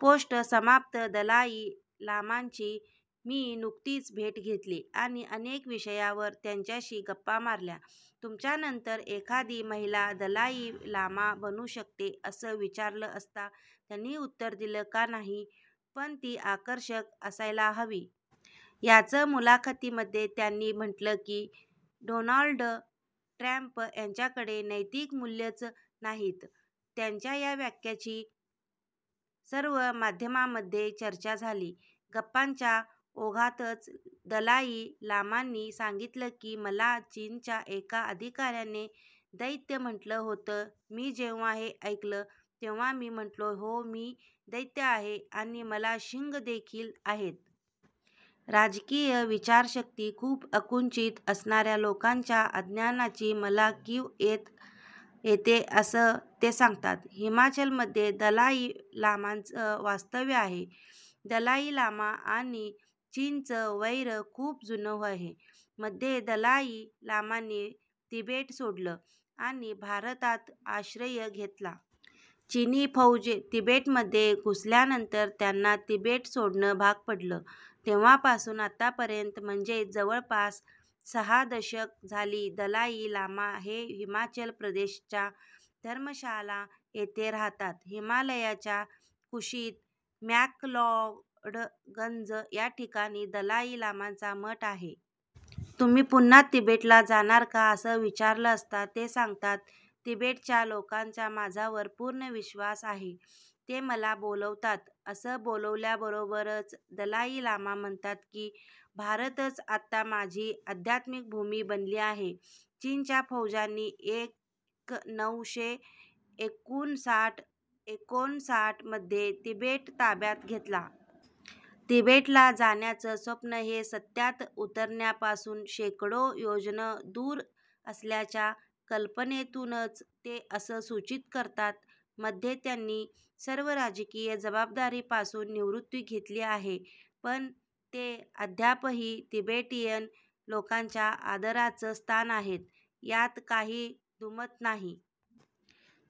Post समाप्त, दलाई लामांची मी नुकतीच भेट घेतली आणि अनेक विषयांवर त्यांच्याशी गप्पा मारल्या. तुमच्यानंतर एखादी महिला दलाई लामा बनू शकते असं विचारलं असता त्यांनी उत्तर दिलं का नाही? पण ती आकर्षक असायला हवी. याच मुलाखतीमध्ये त्यांनी म्हटलं की डोनाल्ड ट्रंप यांच्याकडे नैतिक मूल्यंच नाहीत. त्यांच्या या वाक्याची सर्व माध्यमांमध्ये चर्चा झाली. गप्पाच्या ओघातच दलाई लामांनी सांगितलं की मला चीनच्या एका अधिकाऱ्याने दैत्य म्हटलं होतं. मी जेव्हा हे ऐकलं तेव्हा मी म्हटलो हो मी दैत्य आहे आणि मला शिंगं देखील आहेत. राजकीय विचारशक्ती खूप संकुचित असणाऱ्या लोकांच्या अज्ञानाची मला कीव येते असं ते सांगतात. हिमाचलमध्ये दलाई लामांचं वास्तव्य आहे. दलाई लामा आणि चीनचं वैर खूप जुनं आहे. मध्ये दलाई लामांनी तिबेट सोडलं आणि भारतात आश्रय घेतला. चिनी फौजा तिबेटमध्ये घुसल्यानंतर त्यांना तिबेट सोडणं भाग पडलं. तेव्हापासून आतापर्यंत म्हणजेच जवळपास सहा दशकं झाली दलाई लामा हे हिमाचल प्रदेशच्या धर्मशाला येथे राहतात. हिमालयाच्या कुशीत मॅकलॉडगंज या ठिकाणी दलाई लामांचा मठ आहे. तुम्ही पुन्हा तिबेटला जाणार का असं विचारलं असता ते सांगतात तिबेटच्या लोकांचा माझ्यावर पूर्ण विश्वास आहे. ते मला बोलवतात. असं बोलल्याबरोबरच दलाई लामा म्हणतात की भारतच आता माझी अध्यात्मिक भूमी बनली आहे. चीनच्या फौजांनी एक नऊशे एकूनसाठ एकोणसाठ मध्ये तिबेट ताब्यात घेतला. तिबेटला जाण्याचं स्वप्न हे सत्यात उतरण्यापासून शेकडो योजनं दूर असल्याच्या कल्पनेतूनच ते असं सूचित करतात. मध्ये त्यांनी सर्व राजकीय जबाबदारीपासून निवृत्ती घेतली आहे पण ते अद्यापही तिबेटियन लोकांच्या आदराचं स्थान आहेत यात काही दुमत नाही.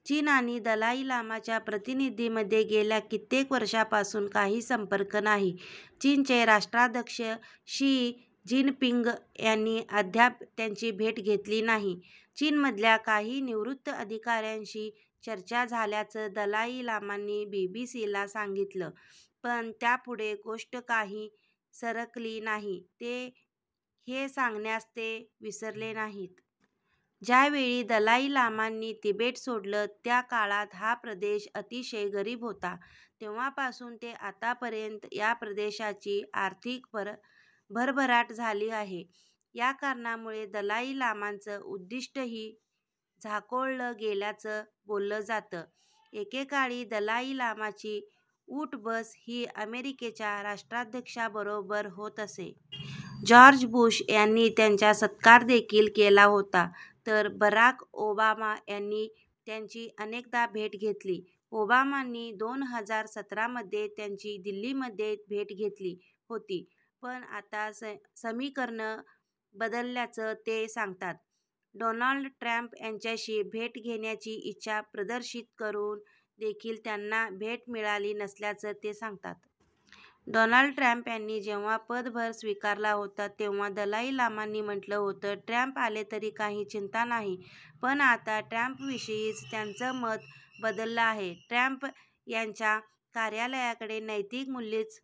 चीन आणि दलाई लामांच्या प्रतिनिधींमध्ये गेल्या कित्येक वर्षांपासून काही संपर्क नाही. चीनचे राष्ट्राध्यक्ष शी जिनपिंग यांनी अद्याप त्यांची भेट घेतली नाही. चीनमधल्या काही निवृत्त अधिकाऱ्यांशी चर्चा झाल्याचं दलाई लामांनी बीबीसीला सांगितलं पण त्यापुढे गोष्ट काही सरकली नाही हे सांगण्यास ते विसरले नाहीत. ज्या वेळी दलाई लामांनी तिबेट सोडलं त्या काळात हा प्रदेश अतिशय गरीब होता. तेव्हापासून ते आतापर्यंत या प्रदेशाची आर्थिक भरभराट झाली आहे. याकारणामुळे दलाई लामांचं उद्दिष्टही झाकोळलं गेल्याचं बोललं जातं. एकेकाळी दलाई लामांची ऊठ-बस ही अमेरिकेच्या राष्ट्राध्यक्षाबरोबर होत असे. जॉर्ज बुश यांनी त्यांचा सत्कार देखील केला होता. तर बराक ओबामा यांनी त्यांची अनेकदा भेट घेतली. ओबामांनी दोन हजार सतरा मध्ये त्यांची दिल्लीमध्ये भेट घेतली होती. पण आता समीकरणं बदलल्याचं ते सांगतात. डोनाल्ड ट्रंप यांच्याशी भेट घेण्याची इच्छा प्रदर्शित करून देखील त्यांना भेट मिळाली नसल्याचं ते सांगतात. डोनाल्ड ट्रंप यांनी जेव्हा पदभार स्वीकारला होता तेव्हा दलाई लामांनी म्हटलं होतं, ट्रंप आले तरी काही चिंता नाही पण आता ट्रंपविषयीचं त्यांचं मत बदललं आहे. ट्रंप यांच्या कार्यालयाकडे नैतिक मूल्यचं